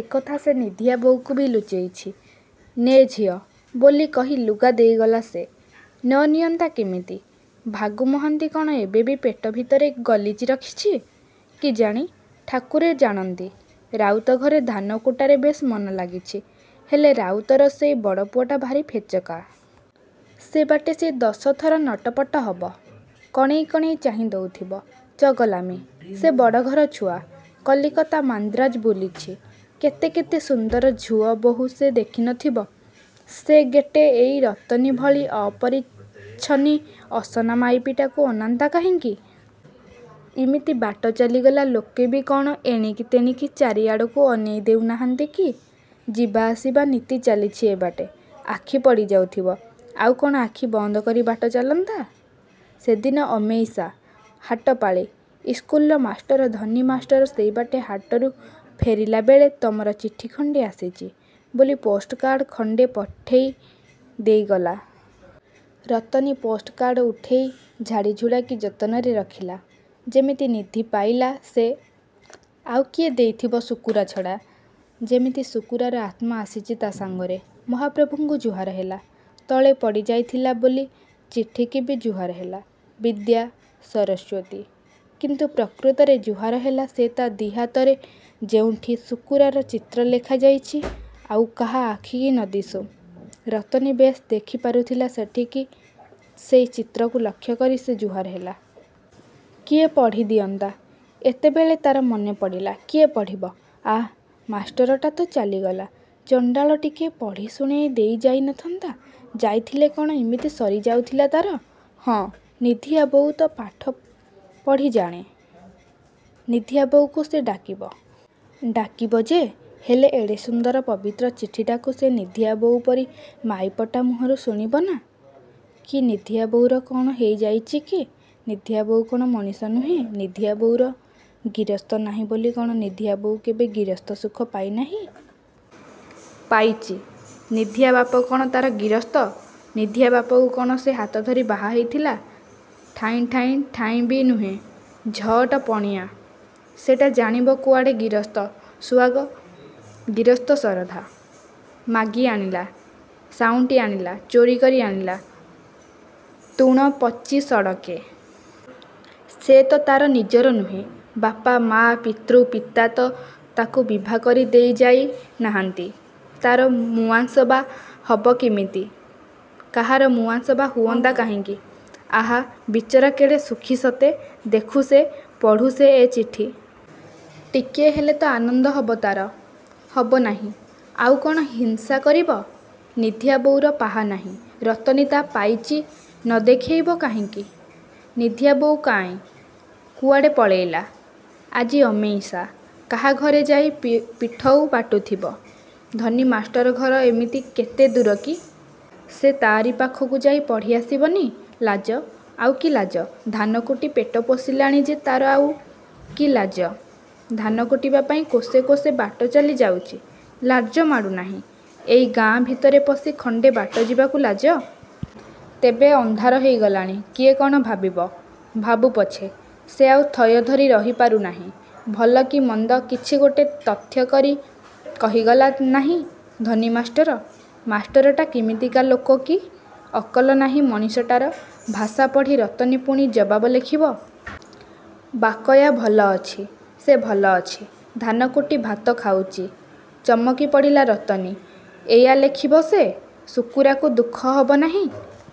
ଏକଥା ସେ ନିଧିଆବୋଉକୁବି ଲୁଚେଇଚି। ନେ ଝିଅ ବୋଲି କହି ଲୁଗା ଦେଇଗଲା ସେ। ନ ନିଅନ୍ତା କିମିତି । ଭାଗୁ ମହାନ୍ତି କଣ ଏବେବି ପେଟ ଭିତରେ ଗଲିଜି ରଖିଚି? କିଜାଣି। ଠାକୁରେ ଜାଣନ୍ତି। ରାଉତଘରେ ଧାନକୁଟାରେ ବେଶ୍ ମନଲାଗିଛି। ହେଲେ, ରାଉତର ସେଇ ବଡ଼ପୁଅଟା ଭାରି ଫେଚକା। ସେ ବାଟେ ସେ ଦଶଥର ନଟପଟ ହବ କଣେଇ କଣେଇ ଚାହିଁ ଦଉଥିବ। ଚଗଲାମି। ସେ ବଡ଼ଘର ଛୁଆ। କଲିକତା ମାନ୍ଦ୍ରାଜ ବୁଲିଚି। କେତେ କେତେ ସୁନ୍ଦର ଝୁଅ ବହୂ ସେ ଦେଖି ନଥିବ। ସେ ଗେଟେ ଏଇ ରତନୀ ଭଳି ଅପରିଚ୍ଛନ୍ନି ଅସନା ମାଇପିଟାକୁ ଅନାନ୍ତା କାହିଁକି। ଇମିତି ବାଟ ଚାଲିଗଲା ଲୋକେବି କଣ ଏଣିକି ତେଣିକି ଚାରିଆଡ଼କୁ ଅନେଇ ଦେଉନାହାନ୍ତି କି। ଯିବା ଆସିବା ନିତି ଚାଲିଚି ଏ ବାଟେ। ଆଖି ପଡ଼ିଯାଉଥିବ। ଆଉ କଣ ଆଖି ବନ୍ଦ କରି ବାଟ ଚାଲନ୍ତା। ସେଦିନ ଅମେଇସା ହାଟପାଳି। ଇସ୍କୁଲର ମାଷ୍ଟର ଧନୀ ମାଷ୍ଟର ସେଇବାଟେ ହାଟରୁ ଫେରିଲାବେଳେ ତମର ଚିଠିଖଣ୍ତେ ଆସିଚି ବୋଲି ପୋଷ୍ଟକାର୍ଡ଼ ଖଣ୍ତେ ପଠେଇ ଦେଇଗଲା। ରତନୀ ପୋଷ୍ଟକାର୍ଡ଼ ଉଠେଇ ଝାଡ଼ିଝୁଡ଼ାକି ଯତନରେ ରଖିଲା। ଯେମିତି ନିଧି ପାଇଲା ସେ! ଆଉ କିଏ ଦେଇଥିବ ଶୁକୁରା ଛଡ଼ା। ଯେମିତି ଶୁକୁରାର ଆତ୍ମା ଆସିଚି ତା ସାଙ୍ଗରେ। ମହାପ୍ରଭୁଙ୍କୁ ଜୁହାର ହେଲା। ତଳେ ପଡ଼ିଯାଇଥିଲା ବୋଲି ଚିଠିକିବି ଜୁହାର ହେଲା। ବିଦ୍ୟା, ସରସ୍ୱତୀ! କିନ୍ତୁ ପ୍ରକୃତରେ ଜୁହାର ହେଲା ସେ ତା ଦିହାତରେ ଯେଉଁଠି ଶୁକୁରାର ଚିତ୍ର ଲେଖାଯାଇଚି ଆଉ କାହା ଆଖିକି ନ ଦିଶୁ, ରତନୀ ବେଶ୍ ଦେଖି ପାରୁଥିଲା ସେଠିକି ସେଇଚିତ୍ରକୁ ଲକ୍ଷ୍ୟକରି ସେ ଜୁହାର ହେଲା। କିଏ ପଢ଼ି ଦିଅନ୍ତା। ଏତେବେଳେ ତାର ମନେପଡ଼ିଲା। କିଏ ପଢ଼ିବ? ଆଃ, ମାଷ୍ଟରଟା ତ ଚାଲିଗଲା। ଚଣ୍ତାଳ ଟିକିଏ ପଢ଼ି ଶୁଣେଇ ଦେଇ ଯାଇ ନଥାନ୍ତା। ଯାଇଥିଲେ କଣ ଇମିତି ସରି ଯାଉଥିଲା ତାର? ହଁ, ନିଧିଆ ବୋଉ ତ ପଢ଼ି ଜାଣେ। ନିଧିଆ ବୋଉକୁ ସେ ଡାକିବ। ଡାକିବ ଯେ, ହେଲେ ଏଡ଼େ ସୁନ୍ଦର ପବିତ୍ର ଚିଠିଟାକୁ ସେ ନିଧିଆ ବୋଉ ପରି ମାଇପଟା ମୁହଁରୁ ଶୁଣିବନା? କି, ନିଧିଆ ବୋଉର କ'ଣ ହେଇ ଯାଇଚି କି? ନିଧିଆବୋଉ କ ଣ ମଣିଷ ନୁହେଁ? ନିଧିଆବୋଉର। ଗିରସ୍ତ ନାହିଁ ବୋଲି କ ଣ ନିଧିଆବୋଉ କେବେ ଗିରସ୍ତ ସୁଖ ପାଇ ନାହିଁ? ପାଇଚି? ନିଧିଆ ବାପ କଣ ତା'ର ଗିରସ୍ତ। ନିଧିଆ ବାପକୁ କଣ ସେ ହାତ ଧରି ବାହା ହେଇଥିଲା? ଠାଇଁ ଠାଇଁ ଠାଇଁବି ନୁହେଁ ଝଅଟ ପଣିଆ। ସେଟା ଜାଣିବ କୁଆଡ଼େ ଗିରସ୍ତ ସୁଆଗ ଗିରସ୍ତ ଶରଧା? ମାଗି ଆଣିଲା, ସାଉଁଟି ଆଣିଲା, ଚୋରିକରି ଆଣିଲା ତୁଣ ପଚି ସଡ଼କେ। ସେ ତ ତା'ର ନିଜର ନୁହେଁ। ବାପା ମା ପିତୃ ପିତା ତ ତାକୁ ବିଭାକରି ଦେଇ ଯାଇ ନାହାନ୍ତି। ତାର ମୁଆଁସ ବା ହବ କିମିତି? କାହାର ମୁଆଁସ ବା ହୁଅନ୍ତା କାହିଁକି! ଆହା, ବିଚରା କେଡ଼େ ଦୁଃଖୀ ସତେ! ଦେଖୁ ସେ, ପଢ଼ୁ ସେ ଏ ଚିଠି। ଟିକିଏ ହେଲେ ତ ଆନନ୍ଦ ହବ ତାର? ହବ ନାହିଁ? ଆଉ କଣ ହିଂସା କରିବ? ନିଧିଆବୋଉର ପାହା ନାହିଁ, ରତନୀ ତା ପାଇଚି ନ ଦେଖେଇବ କାହିଁକି? ନିଧିଆ ବୋଉ କାହିଁ? କୁଆଡ଼େ ପଳେଇଲା? ଆଜି ଅମେଇସା। କାହାଘରେ ଯାଇ ପିଠଉ ବାଟୁଥିବ। ଧନୀ ମାଷ୍ଟର ଘର ଏମିତି କେତେ ଦୂର କି? ସେ ତା'ରି ପାଖକୁ ଯାଇ ପଢ଼ି ଆସିବନି? ଲାଜ? ଆଉ କି ଲାଜ? ଧାନକୁଟି ପେଟ ପୋଷିଲାଣି ଯେ ତାର ଆଉ କି ଲାଜ? ଧାନକୁଟିବା ପାଇଁ କୋଶେ କୋଶେ ବାଟଚାଲି ଯାଉଚି, ଲାଜମାଡ଼ୁନାହିଁ, ଏଇ ଗାଁ ଭିତରେ ପଶି ଖଣ୍ତେ ବାଟ ଯିବାକୁ ଲାଜ? ତେବେ, ଅନ୍ଧାର ହେଇ ଗଲାଣି। କିଏ କ'ଣ ଭାବିବ। ଭାବୁପଛେ, ସେ ଆଉ ଥୟ ଧରି ରହିପାରୁ ନାହିଁ। ଭଲ କି ମନ୍ଦ କିଛି ଗୋଟେ ତଥ୍ୟକରି କହିଗଲା ନାହିଁ ଧନୀ ମାଷ୍ଟର। ମାଷ୍ଟରଟା କିମିତିକା ଲୋକ କି? ଅକଲ ନାହିଁ ମଣିଷଟାର। ଭାଷା ପଢ଼ି ରତନୀ ପୁଣି ଜବାବ ଲେଖିବ। ବାକୟା ଭଲ ଅଛି। ସେ ଭଲ ଅଛି। ଧାନକୁଟି ଭାତଖାଉଚି। ଚମକି ପଡ଼ିଲା ରତନୀ। ଏଇୟା ଲେଖିବ ସେ! ଶୁକୁରାକୁ ଦୁଃଖ ହବ ନାହିଁ?